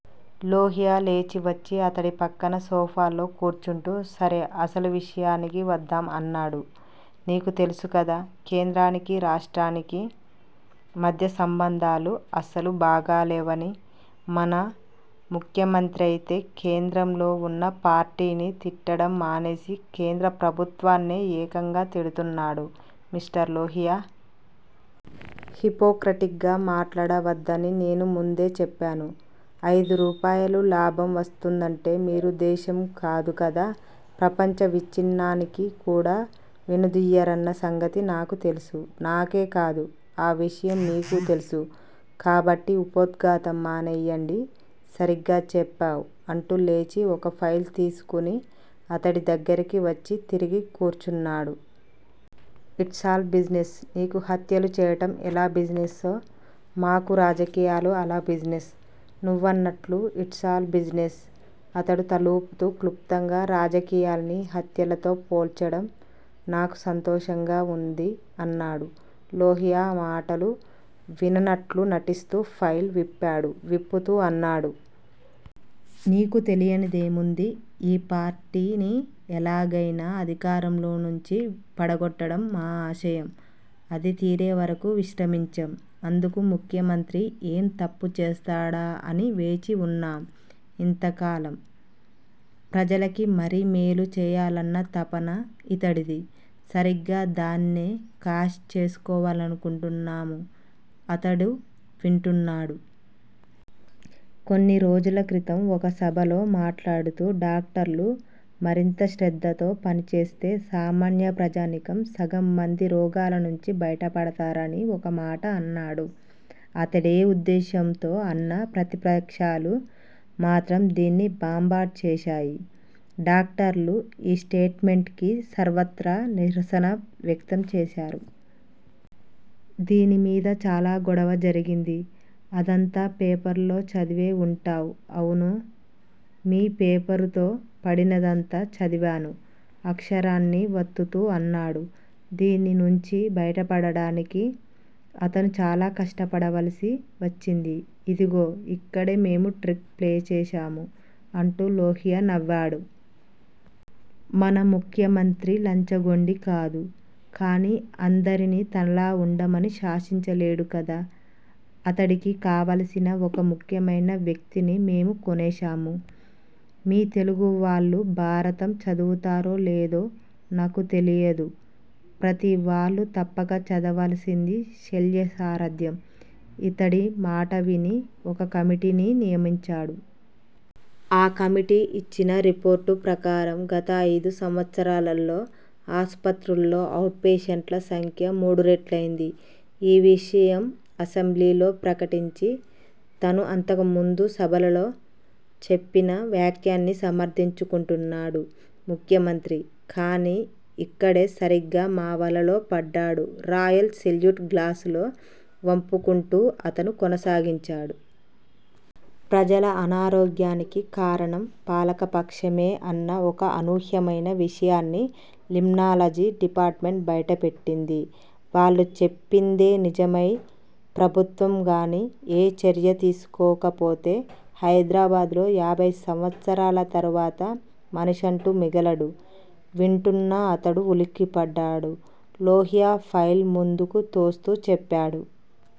లోహియా లేచి వచ్చి అతడి పక్కన సోఫాలో కూర్చుంటూ సరే, అసలు విషయానికి వద్దాం అన్నాడు. నీకు తెలుసుకదా, కేంద్రానికీ, రాష్ట్రానికీ మధ్య సంబంధాలు అసలు బాగాలేవని, మన ముఖ్యమంత్రయితే కేంద్రంలో వున్న పార్టీని తిట్టటం మానేసి, కేంద్ర ప్రభుత్వాన్నే ఏకంగా తిడుతున్నాడు. మిస్టర్ లోహియా! హిపోక్రటిక్ గా మాట్లాడవద్దని నేను ముందే చెప్పాను. అయిదు రూపాయలు లాభం వస్తుందంటే మీరు దేశం కాదు కదా, ప్రపంచ విచ్చిన్నానికి కూడా వెనుదీయరన్న సంగతి నాకు తెలుసు. నాకేకాదు ఆ విషయం మీకూ తెలుసు. కాబట్టి ఉపోద్ఘాతం మానెయ్యండి. సరిగ్గా చెప్పావ్ అంటూ లేచి ఒక ఫైలు తీసుకుని అతడి దగ్గిరకి వచ్చి తిరిగి కూర్చున్నాడు. It's all business! నీకు హత్యలు చేయటం ఎలా బిజినెస్సో, మాకు రాజకీయాలు అలా బిజినెస్. నువ్వన్నట్లు it's all business. అతడు తలూపుతూ క్లుప్తంగా, రాజకీయాల్ని హత్యలతో పోల్చడం నాకు సంతోషంగా వుంది అన్నాడు. లోహియా ఆ మాటలు విననట్లు నటిస్తూ ఫైలు విప్పాడు. విప్పుతూ అన్నాడు. నీకు తెలియనిదేముంది. ఈ పార్టీని ఎలాగైనా అధికారంలో నుంచి పడగొట్టడం మా ఆశయం! అది తీరేవరకూ విశ్రమించం. అందుకు ముఖ్యంత్రి ఏం తప్పు చేస్తాడా అని వేచి వున్నాం ఇంతకాలం. ప్రజలకి మరీ మేలు చేయాలన్న తపన ఇతడిది. సరిగ్గా దాన్నే కాష్ చేసుకోవాలనుకుంటున్నాము. అతడు వింటున్నాడు. కొన్ని రోజుల క్రితం ఒక సభలో మాట్లాడుతూ, డాక్టర్లు మరింత శ్రద్ధతో పనిచేస్తే సామాన్య ప్రజానీకం సగం మంది రోగాల నుంచి బయటపడతారని ఒక మాట అన్నాడు. అతడే ఉద్దేశ్యంతో అన్నా ప్రతిపక్షాలు మాత్రం దీన్ని బంబాట్ చేశాయి. డాక్టర్లు ఈ స్టేట్ మెంట్ కి సర్వత్రా నిరసన వ్యక్తం చేశారు. దీని మీద చాలా గొడవ జరిగింది. అదంతా పేపర్లో చదివే వుంటావ్. అవును. 'మీ' పేపరుతో పడినదంతా చదివాను అక్షరాన్ని వత్తుతూ అన్నాడు. దీని నుంచి బయటపడటానికి అతడు చాలా కష్టపడవలసి వచ్చింది. ఇదిగో ఇక్కడే మేము ట్రిక్ ప్లే చేశాము అంటూ లోహియా నవ్వాడు. మన ముఖ్యమంత్రి లంచగొండి కాదు. కానీ అందరినీ తనలా వుండమని శాసించలేడు కదా. అతడికి కావలసిన ఒక ముఖ్యమైన వ్యక్తిని మేము కోనేశాము. మీ తెలుగువాళ్ళు భారతం చదువుతారో లేదో నకు తెలీదు. ప్రతీవాళ్ళూ తప్పక చదవలసింది 'శల్యసారధ్యం'. ఇతడి మాట విని- ఒక కమిటీని నియమించాడు. ఆ కమిటీ ఇచ్చిన రిపోర్టు ప్రకారం గత అయిదు సంవత్సరాలలో ఆస్పత్రుల్లో అవుట్ పేషంట్ల సంఖ్య మూడు రెట్లయింది. ఈ విషయం అసెంబ్లీలో ప్రకటించి, తను అంతకుముందు సభలలో చెప్పిన వ్యాఖ్యని సమర్ధించుకుంటున్నాడు ముఖ్యమంత్రి. కానీ ఇక్కడే సరిగ్గా మా వలలో పడ్డాడు రాయల్ సెల్యూట్ గ్లాసులో వంపుకుంటూ అతను కొనసాగించాడు. ప్రజల అనారోగ్యానికి కారణం పాలక పక్షమే అన్న ఒక అనూహ్యమయిన విషయాన్ని లిమ్నాలజీ డిపార్ట్ మెంట్ బైటపెట్టింది. వాళ్ళు చెప్పిందే నిజమై ప్రభుత్వం గానీ ఏ చర్యా తీసుకోకపోతే, హైదరాబాద్ లో యాభై సంవత్సరాల తరువాత మనిషంటూ మిగలడు. వింటున్న అతడు ఉలిక్కిపడ్డాడు. లోహియా ఫైలు ముందుకు తోస్తూ చెప్పాడు.